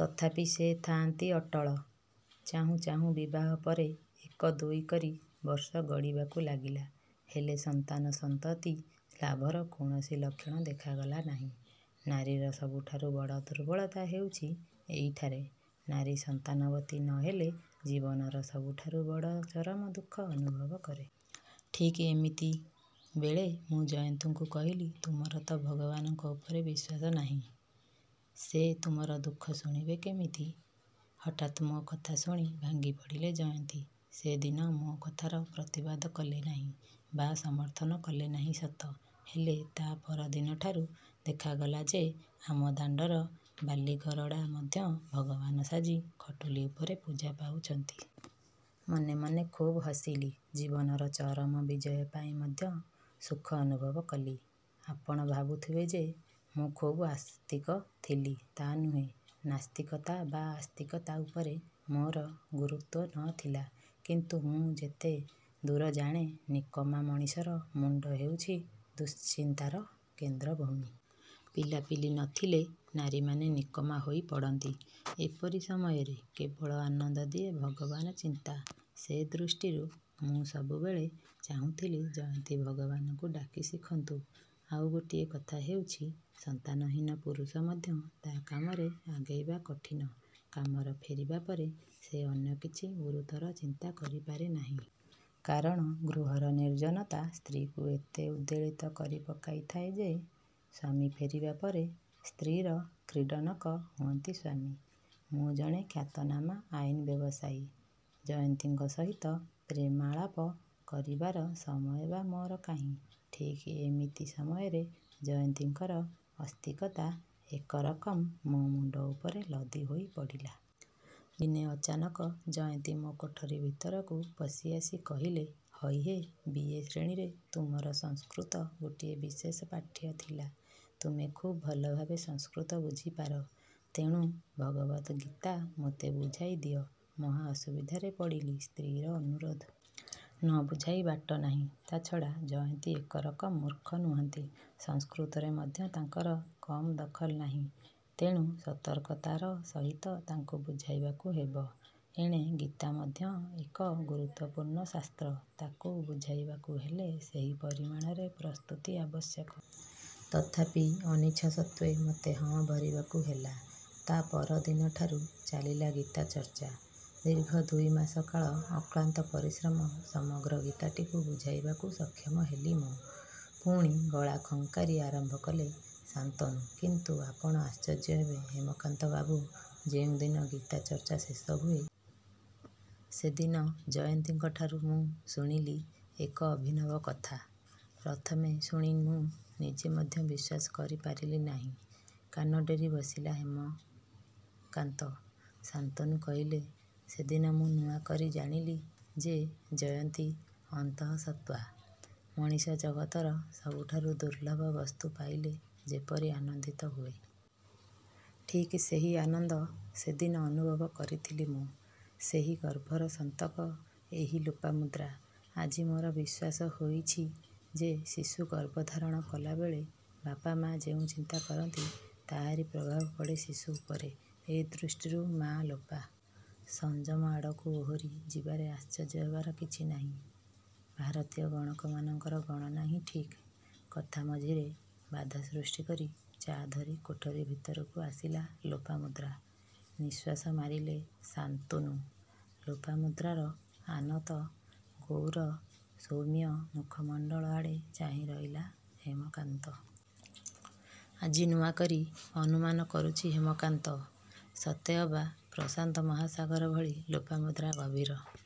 ତଥାପି ସେ ଥାଆନ୍ତି ଅଟଳ। ଚାହୁଁ ଚାହୁଁ ବିବାହ ପରେ ଏକ ଦୁଇ କରି ବର୍ଷ ଗଡ଼ିବାକୁ ଲାଗିଲା। ହେଲେ ସନ୍ତାନ ସନ୍ତତି ଲାଭର କୌଣସି ଲକ୍ଷଣ ଦେଖାଗଲା ନାହିଁ। ନାରୀର ସବୁଠାରୁ ବଡ଼ ଦୁର୍ବଳତା ହେଉଛି ଏଇଠାରେ। ନାରୀ ସନ୍ତାନବତୀ ନ ହେଲେ ଜୀବନର ସବୁଠାରୁ ଅଧିକ ଚରମ ଦୁଃଖ ଅନୁଭବ କରେ। ଠିକ୍ ଏମିତି ବେଳେ ମୁଁ ଜୟନ୍ତୀଙ୍କୁ କହିଲି ତୁମର ତ' ଭଗବାନଙ୍କ ଉପରେ ବିଶ୍ୱାସ ନାହିଁ.. ସେ ତୁମର ଦୁଃଖ ଶୁଣିବେ କେମିତି? ହଠାତ୍ ମୋ କଥା ଶୁଣି ଭାଙ୍ଗି ପଡ଼ିଲେ ଜୟନ୍ତୀ। ସେ ଦିନ ମୋ କଥାର ପ୍ରତିବାଦ କଲେ ନାହିଁ ବା ସମର୍ଥନ କଲେ ନାହିଁ ସତ, ହେଲେ ତା' ପର ଦିନଠାରୁ ଦେଖାଗଲା ଯେ ଆମ ଦାଣ୍ଡର ବାଲିଗରଡ଼ା ମଧ୍ୟ ଭଗବାନ୍ ସାଜି ଖଟୁଲି ଉପରେ ପୂଜା ପାଉଛନ୍ତି। ମନେ ମନେ ଖୁବ୍ ହସିଲି। ଜୀବନର ଚରମ ବିଜୟ ପାଇଁ ମଧ୍ୟ ସୁଖ ଅନୁଭବ କଲି। ଆପଣ ଭାବୁଥିବେ ଯେ ମୁଁ ଖୁବ୍ ଆସ୍ତିକ ଥିଲି, ତା' ନୁହେଁ। ନାସ୍ତିକତା ବା ଆସ୍ତିକତା ଉପରେ ମୋର ଗୁରୁତ୍ୱ ନ ଥିଲା। କିନ୍ତୁ ମୁଁ ଯେତେ ଦୂର ଜାଣେ ନିକମା ମଣିଷର ମୁଣ୍ଡ ହେଉଛି ଦୁଶ୍ଚିନ୍ତାର କେନ୍ଦ୍ରଭୂମି। ପିଲାପିଲି ନ ଥିଲେ ନାରୀମାନେ ନିକମା ହୋଇ ପଡ଼ନ୍ତି। ଏପରି ସମୟରେ କେବଳ ଆନନ୍ଦ ଦିଏ ଭାଗବାନ ଚିନ୍ତା, ସେ ଦୃଷ୍ଟିରୁ ମୁଁ ସବୁବେଳେ ଚାହୁଁଥିଲି-ଜୟନ୍ତି ଭଗବାନଙ୍କୁ ଡାକି ଶିଖନ୍ତୁ। ଆଉ ଗୋଟିଏ କଥା ହେଉଛି-ସନ୍ତାନହୀନ ପୁରୁଷ ମଧ୍ୟ ତା' କାମରେ ଆଗେଇବା କଠିନ। କାମର ଫେରିବା ପରେ ସେ ଅନ୍ୟ କିଛି ଗୁରୁତର ଚିନ୍ତା କରିପାରେ ନାହିଁ। କାରଣ-ଗୃହର ନିର୍ଜନତା ସ୍ତ୍ରୀଙ୍କୁ ଏତେ ଉଦ୍ବେଳିତ କରି ପକାଇଥାଏ ଯେ-ସ୍ୱାମୀ ଫେରିବା ପରେ ସ୍ତ୍ରୀର କ୍ରୀଡ଼ନକ ହୁଅନ୍ତି ସ୍ୱାମୀ। ମୁଁ ଜଣେ ଖ୍ୟାତନାମା ଆଇନ୍ ବ୍ୟବସାୟୀ। ଜୟନ୍ତୀଙ୍କ ସହିତ ପ୍ରେମାଳାପ କରିବାର ସମୟ ବା ମୋର କାହିଁ। ଠିକ୍ ଏମିତି ସମୟରେ ଜୟନ୍ତୀଙ୍କର ଅସ୍ତିକତା ଏକରକମ୍ ମୋ ମୁଣ୍ଡ ଉପରେ ଲଦି ହୋଇ ପଡ଼ିଲା। ଦିନେ ଅଚାନକ ଜୟନ୍ତୀ ମୋ କୋଠରୀ ଭିତରକୁ ପଶି ଆସି କହିଲେ-ହଇ ହେ.. ବି.. ଏ.. ଶ୍ରେଣୀରେ ତୁମର ସଂସ୍କୃତ ଗୋଟିଏ ବିଶେଷ ପାଠ୍ୟ ଥିଲା। ତୁମେ ଖୁବ୍ ଭଲଭାବେ ସଂସ୍କୃତ ବୁଝିପାର। ତେଣୁ ଭଗବତ୍ଗୀତା ମୋତେ ବୁଝାଇ ଦିଅ। ମହା ଅସୁବିଧାରେ ପଡ଼ିଲି। ସ୍ତ୍ରୀର ଅନୁରୋଧ। ନ ବୁଝାଇ ବାଟ ନାହିଁ। ତା'ଛଡ଼ା ଜୟନ୍ତୀ ଏକରକମ ମୂର୍ଖ ନୁହନ୍ତି। ସଂସ୍କୃତରେ ମଧ୍ୟ ତାଙ୍କର କମ୍ ଦଖଲ ନାହିଁ। ତେଣୁ ସତର୍କତାର ସହିତ ତାଙ୍କୁ ବୁଝାଇବାକୁ ହେବ। ଏଣେ ଗୀତା ମଧ୍ୟ ଏକ ଗୁରୁତ୍ୱପୂର୍ଣ୍ଣ ଶାସ୍ତ୍ର। ତାକୁ ବୁଝାଇବାକୁ ହେଲେ ସେହି ପରିମାଣରେ ପ୍ରସ୍ତୁତି ଆବଶ୍ୟକ। ତଥାପି ଅନିଚ୍ଛା ସତ୍ୱେ ମୋତେ ହଁ ଭରିବାକୁ ହେଲା। ତା' ପର ଦିନଠାରୁ ଚାଲିଲା ଗୀତା ଚର୍ଚ୍ଚା। ଦୀର୍ଘ ଦୁଇ ମାସ କାଳ ଅକ୍ଲାନ୍ତ ପରିଶ୍ରମ ସମଗ୍ର ଗୀତାଟିକୁ ବୁଝାଇବାକୁ ସକ୍ଷମ ହେଲି ମୁଁ। ପୁଣି ଗଳା ଖଙ୍କାରି ଆରମ୍ଭ କଲେ ଶାନ୍ତନୁ କିନ୍ତୁ ଆପଣ ଆଶ୍ଚର୍ଯ୍ୟ ହେବେ ହେମକାନ୍ତ ବାବୁ, ଯେଉଁଦିନ ଗୀତା ଚର୍ଚ୍ଚା ଶେଷ ହୁଏ ସେଦିନ ଜୟନ୍ତୀଙ୍କଠାରୁ ମୁଁ ଶୁଣିଲି ଏକ ଅଭିନବ କଥା-। ପ୍ରଥମେ ଶୁଣି ମୁଁ ନିଜେ ମଧ୍ୟ ବିଶ୍ୱାସ କରି ପାରିଲି ନାହିଁ। କାନ ଡେରି ବସିଲା ହେମକାନ୍ତ ଶାନ୍ତୁନୁ କହିଲେ-ସେଦିନ ମୁଁ ନୂଆ କରି ଜାଣିଲି ଯେ ଜୟନ୍ତୀ ଅନ୍ତଃସତ୍ୱା। ମଣିଷ ଜଗତର ସବୁଠାରୁ ଦୁର୍ଲଭ୍ୟ ବସ୍ତୁ ପାଇଲେ ଯେପରି ଆନନ୍ଦିତ ହୁଏ ଠିକ୍ ସେହି ଆନନ୍ଦ ସେଦିନ ଅନୁଭବ କରିଥିଲି ମୁଁ। ସେହି ଗର୍ଭର ସନ୍ତକ ଏହି ଲୋପାମୁଦ୍ରା। ଆଜି ମୋର ବିଶ୍ୱାସ ହୋଇଛି ଯେ ଶିଶୁ ଗର୍ଭଧାରଣ କଲାବେଳେ ବାପ ମାଆ ଯେଉଁ ଚିନ୍ତା କରନ୍ତି-ତାହାରି ପ୍ରଭାବ ପଡ଼େ ଶିଶୁ ଉପରେ ଏ ଦୃଷ୍ଟିରୁ ମାଆ ଲୋପା ସଂଯମ ଆଡ଼କୁ ଓହୋରି ଯିବାରେ ଆଶ୍ଚର୍ଯ୍ୟ ହେବାର କିଛି ନାହିଁ। ଭାରତୀୟ ଗଣକମାନଙ୍କର ଗଣନା ହିଁ ଠିକ୍। କଥା ମଝିରେ ବାଧା ସୃଷ୍ଟି କରି ଚା' ଧରି କୋଠରୀ ଭିତରକୁ ଆସିଲା ଲୋପାମୁଦ୍ରା। ନିଃଶ୍ୱାସ ମାରିଲେ ଶାନ୍ତୁନୁ। ଲୋପାମୁଦ୍ରାର ଆନତ, ଗୌର, ସୌମ୍ୟ ମୁଖମଣ୍ଡଳ ଆଡ଼େ ଚାହିଁରହିଲା ହେମକାନ୍ତ। ଆଜି ନୂଆ କରି ଅନୁମାନ କରୁଛି ହେମକାନ୍ତ। ସତେ ଅବା ପ୍ରଶାନ୍ତ ମହାସାଗର ଭଳି ଲୋପାମୁଦ୍ରା ଗଭୀର।